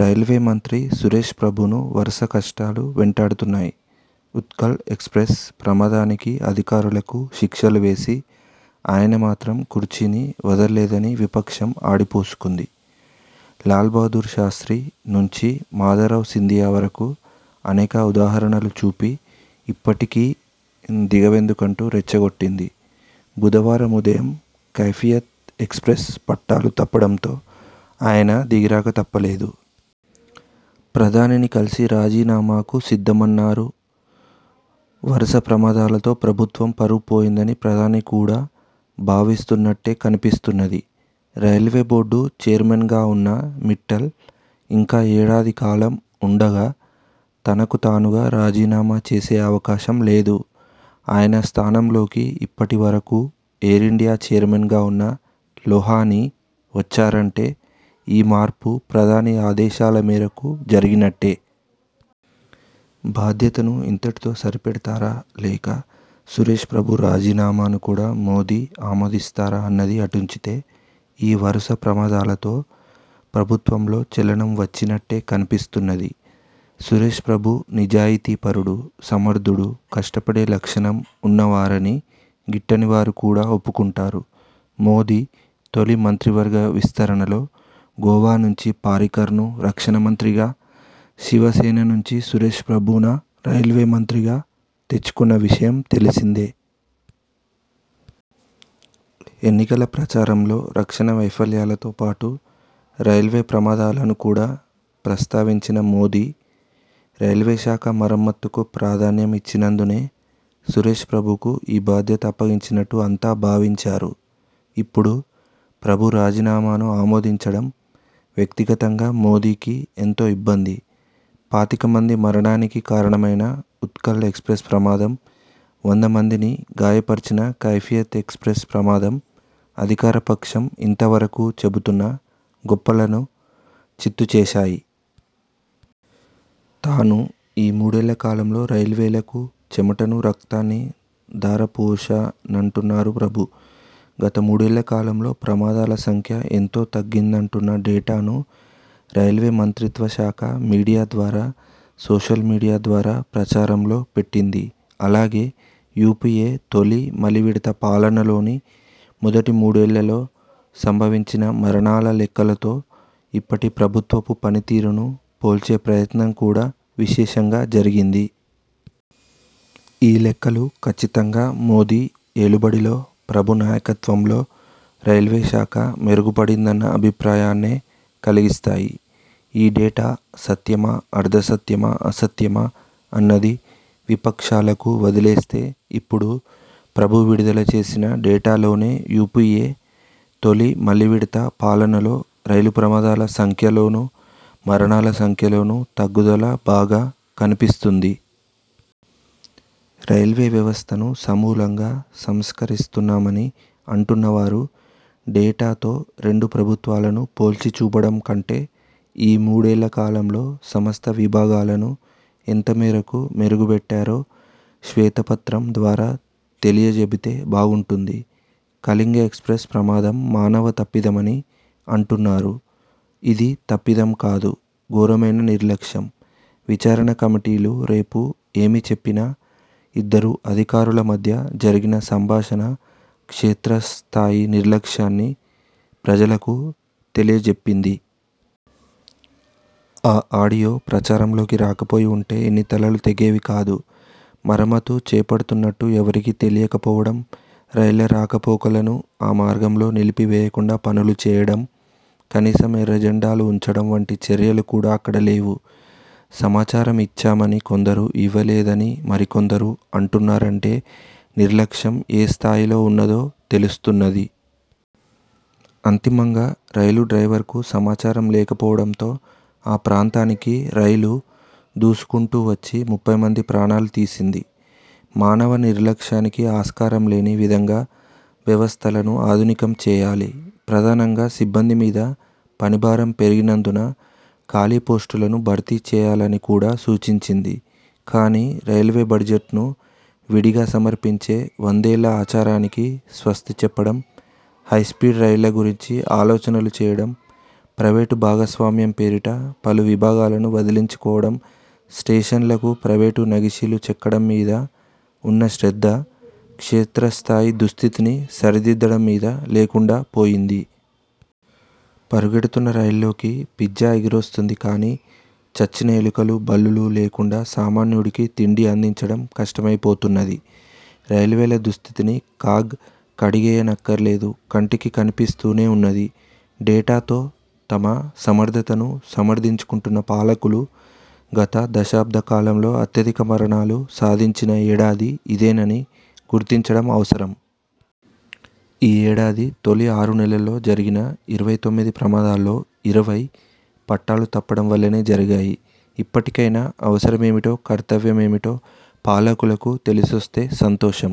రైల్వేమంత్రి సురేష్ ప్రభును వరుస కష్టాలు వెంటాడుతున్నాయి. ఉత్కళ్ ఎక్స్ప్రెస్ ప్రమాదానికి అధికారులకు శిక్షలు వేసి, ఆయన మాత్రం కుర్చీని వదల్లేదని విపక్షం ఆడిపోసుకుంది. లాల్ బాహుదూర్ శాస్త్రి నుంచి మాధవరావు సింధియా వరకూ అనేక ఉదాహరణలు చూపి ఇప్పటికీ దిగ వెందుకంటూ రెచ్చగొట్టింది. బుధవారం ఉదయం కైఫియత్ ఎక్స్ప్రెస్ పట్టాలు తప్పడంతో ఆయన దిగిరాక తప్పలేదు. ప్రధానిని కలిసి రాజీనామాకు సిద్ధమన్నారు. వరుస ప్రమాదాలతో ప్రభుత్వం పరువు పోయిందని ప్రధాని కూడా భావిస్తున్నట్టే కనిపిస్తున్నది. రైల్వేబోర్డు చైర్మన్గా ఉన్న మిట్టల్ ఇంకా ఏడాది కాలం ఉండగా తనకు తానుగా రాజీనామా చేసే అవకాశం లేదు. ఆయన స్థానంలోకి ఇప్పటి వరకూ ఎయిరిండియా చైర్మన్గా ఉన్న లోహానీ వచ్చారంటే ఈ మార్పు ప్రధాని ఆదేశాల మేరకు జరిగినట్టే. బాధ్యతను ఇంతటితో సరిపెడతారా లేక సురేష్ ప్రభు రాజీనామాను కూడా మోదీ ఆమోదిస్తారా అన్నది అటుంచితే, ఈ వరుస ప్రమాదాలతో ప్రభుత్వంలో చలనం వచ్చినట్టే కనిపిస్తున్నది. సురేష్ ప్రభు నిజాయితీ పరుడు, సమర్థుడు, కష్టపడే లక్షణం ఉన్నవారని గిట్టనివారు కూడా ఒప్పుకుంటారు. మోదీ తొలి మంత్రివర్గ విస్తరణలో గోవా నుంచి పారీకర్ను రక్షణమంత్రిగా, శివసేన నుంచి సురేష్ ప్రభున రైల్వేమంత్రిగా తెచ్చుకున్న విషయం తెలిసిందే. ఎన్నికల ప్రచారంలో రక్షణ వైఫల్యాలతో పాటు రైల్వే ప్రమాదాలను కూడా ప్రస్తావించిన మోదీ, రైల్వేశాఖ మరమ్మతుకు ప్రాధాన్యం ఇచ్చినందునే సురేష్ ప్రభుకు ఈ బాధ్యత అప్పగించినట్టు అంతా భావించారు. ఇప్పుడు ప్రభు రాజీనామాను ఆమోదించడం వ్యక్తిగతంగా మోదీకి ఎంతో ఇబ్బంది. పాతిక మంది మరణానికి కారణమైన ఉత్కళ్ ఎక్స్ప్రెస్ ప్రమాదం, వంద మందిని గాయ పరచిన కైఫియత్ ఎక్స్ప్రెస్ ప్రమాదం అధికారపక్షం ఇంతవరకూ చెబుతున్న గొప్పలను చిత్తు చేశాయి. తాను ఈ మూడేళ్ళ కాలంలో రైల్వేలకు చెమటనూ రక్తాన్నీ ధారపోశానంటున్నారు ప్రభు. గత మూడేళ్ళకాలంలో ప్రమాదాల సంఖ్య ఎంతో తగ్గిందంటున్న డేటాను రైల్వేమంత్రిత్వశాఖ మీడియా ద్వారా సోషల్ మీడియా ద్వారా ప్రచారంలో పెట్టింది. అలాగే యూపీఏ తొలి, మలివిడత పాలనలోని మొదటి మూడేళ్ళలో సంభవించిన మరణాల లెక్కలతో ఇప్పటి ప్రభుత్వపు పని తీరును పోల్చే ప్రయత్నం కూడా విశేషంగా జరిగింది. ఈ లెక్కలు కచ్చితంగా మోదీ ఏలు బడిలో, ప్రభు నాయకత్వంలో రైల్వేశాఖ మెరుగుపడిందన్న అభిప్రాయాన్నే కలిగిస్తాయి. ఈ డేటా సత్యమా, అర్థసత్యమా, అసత్యమా అన్నది విపక్షాలకు వదిలేస్తే, ఇప్పుడు ప్రభు విడుదల చేసిన డేటాలోనే యూపీఎ తొలి, మలి విడత పాలనలో రైలు ప్రమాదాల సంఖ్యలోనూ, మరణాల సంఖ్యలోనూ తగ్గుదల బాగా కనిపిస్తుంది. రైల్వే వ్యవస్థను సమూలంగా సంస్కరిస్తున్నామని అంటున్నవారు డేటాతో రెండు ప్రభుత్వాలను పోల్చిచూపడం కంటే, ఈ మూడేళ్ళ కాలంలో సమస్త విభాగాలను ఎంతమేరకు మెరుగుబెట్టారో శ్వేతపత్రం ద్వారా తెలియచెబితే బాగుంటుంది. కళింగ ఎక్స్ప్రెస్ ప్రమాదం మానవ తప్పిదమని అంటున్నారు. ఇది తప్పిదం కాదు, ఘోరమైన నిర్లక్ష్యం. విచారణ కమిటీలు రేపు ఏమిచెప్పినా, ఇద్దరు అధికారుల మధ్య జరిగిన సంభాషణ క్షేత్రస్థాయి నిర్లక్ష్యాన్ని ప్రజలకు తెలియ చెప్పింది. ఆ ఆడియో ప్రచారంలోకి రాకపోయివుంటే ఇన్ని తలలు తెగేవి కాదు. మరమ్మతు చేపడుతున్నట్టు ఎవరికీ తెలియకపోవడం, రైళ్ళ రాకపోకలను ఆ మార్గంలో నిలిపి వేయకుండా పనులు చేయడం, కనీసం ఎర్రజెండాలు ఉంచడం వంటి చర్యలు కూడా అక్కడ లేవు. సమాచారం ఇచ్చామని కొందరు, ఇవ్వలేదని మరికొందరు అంటున్నారంటే నిర్లక్ష్యం ఏ స్థాయిలో ఉన్నదో తెలుస్తున్నది. అంతిమంగా రైలు డ్రైవర్కు సమాచారం లేకపోవడంతో ఆ ప్రాంతానికి రైలు దూసుకుంటూ వచ్చి ముప్పైమంది ప్రాణాలు తీసింది. మానవ నిర్లక్ష్యానికి ఆస్కారంలేని విధంగా వ్యవస్థలను ఆధునికం చేయాలి. ప్రధానంగా సిబ్బంది మీద పనిభారం పెరిగినందున ఖాళీ పోస్టులను భర్తీచేయాలని కూడా సూచించింది. కానీ, రైల్వే బడ్జెట్ను విడిగా సమర్పించే వందేళ్ళ ఆచారానికి స్వస్తి చెప్పడం, హైస్పీడ్ రైళ్ళ గురించి ఆలోచనలు చేయడం, ప్రైవేటు భాగస్వామ్యం పేరిట పలు విభాగాలను వదిలించుకోవడం, స్టేషన్లకు ప్రైవేటు నగిషీలు చెక్కడం మీద ఉన్న శ్రద్ధ క్షేత్రస్థాయి దుస్థితిని సరిదిద్దడం మీద లేకుండా పోయింది. పరిగెడుతున్న రైల్లోకి పిజ్జా ఎగిరొస్తుంది కానీ, చచ్చిన ఎలుకలూ, బల్లులూ లేకుండా సామాన్యుడికి తిండి అందించడం కష్టమైపోతున్నది. రైల్వేల దుస్థితిని కాగ్ కడిగేయనక్కరలేదు, కంటికి కనిపిస్తూనే ఉన్నది. డేటాతో తమ సమర్థతను సమర్థించుకుంటున్న పాలకులు గత దశాబ్ద కాలంలో అత్యధిక మరణాలు సాధించిన ఏడాది ఇదేనని గుర్తించడం అవసరం. ఈ ఏడాది తొలి ఆరు నెలల్లో జరిగిన ఇరవై తొమ్మిది ప్రమాదాల్లో ఇరవై పట్టాలు తప్పడం వల్లనే జరిగాయి. ఇప్పటికైనా అవసరమేమిటో, కర్తవ్యమేమిటో పాలకులకు తెలిసొస్తే సంతోషం.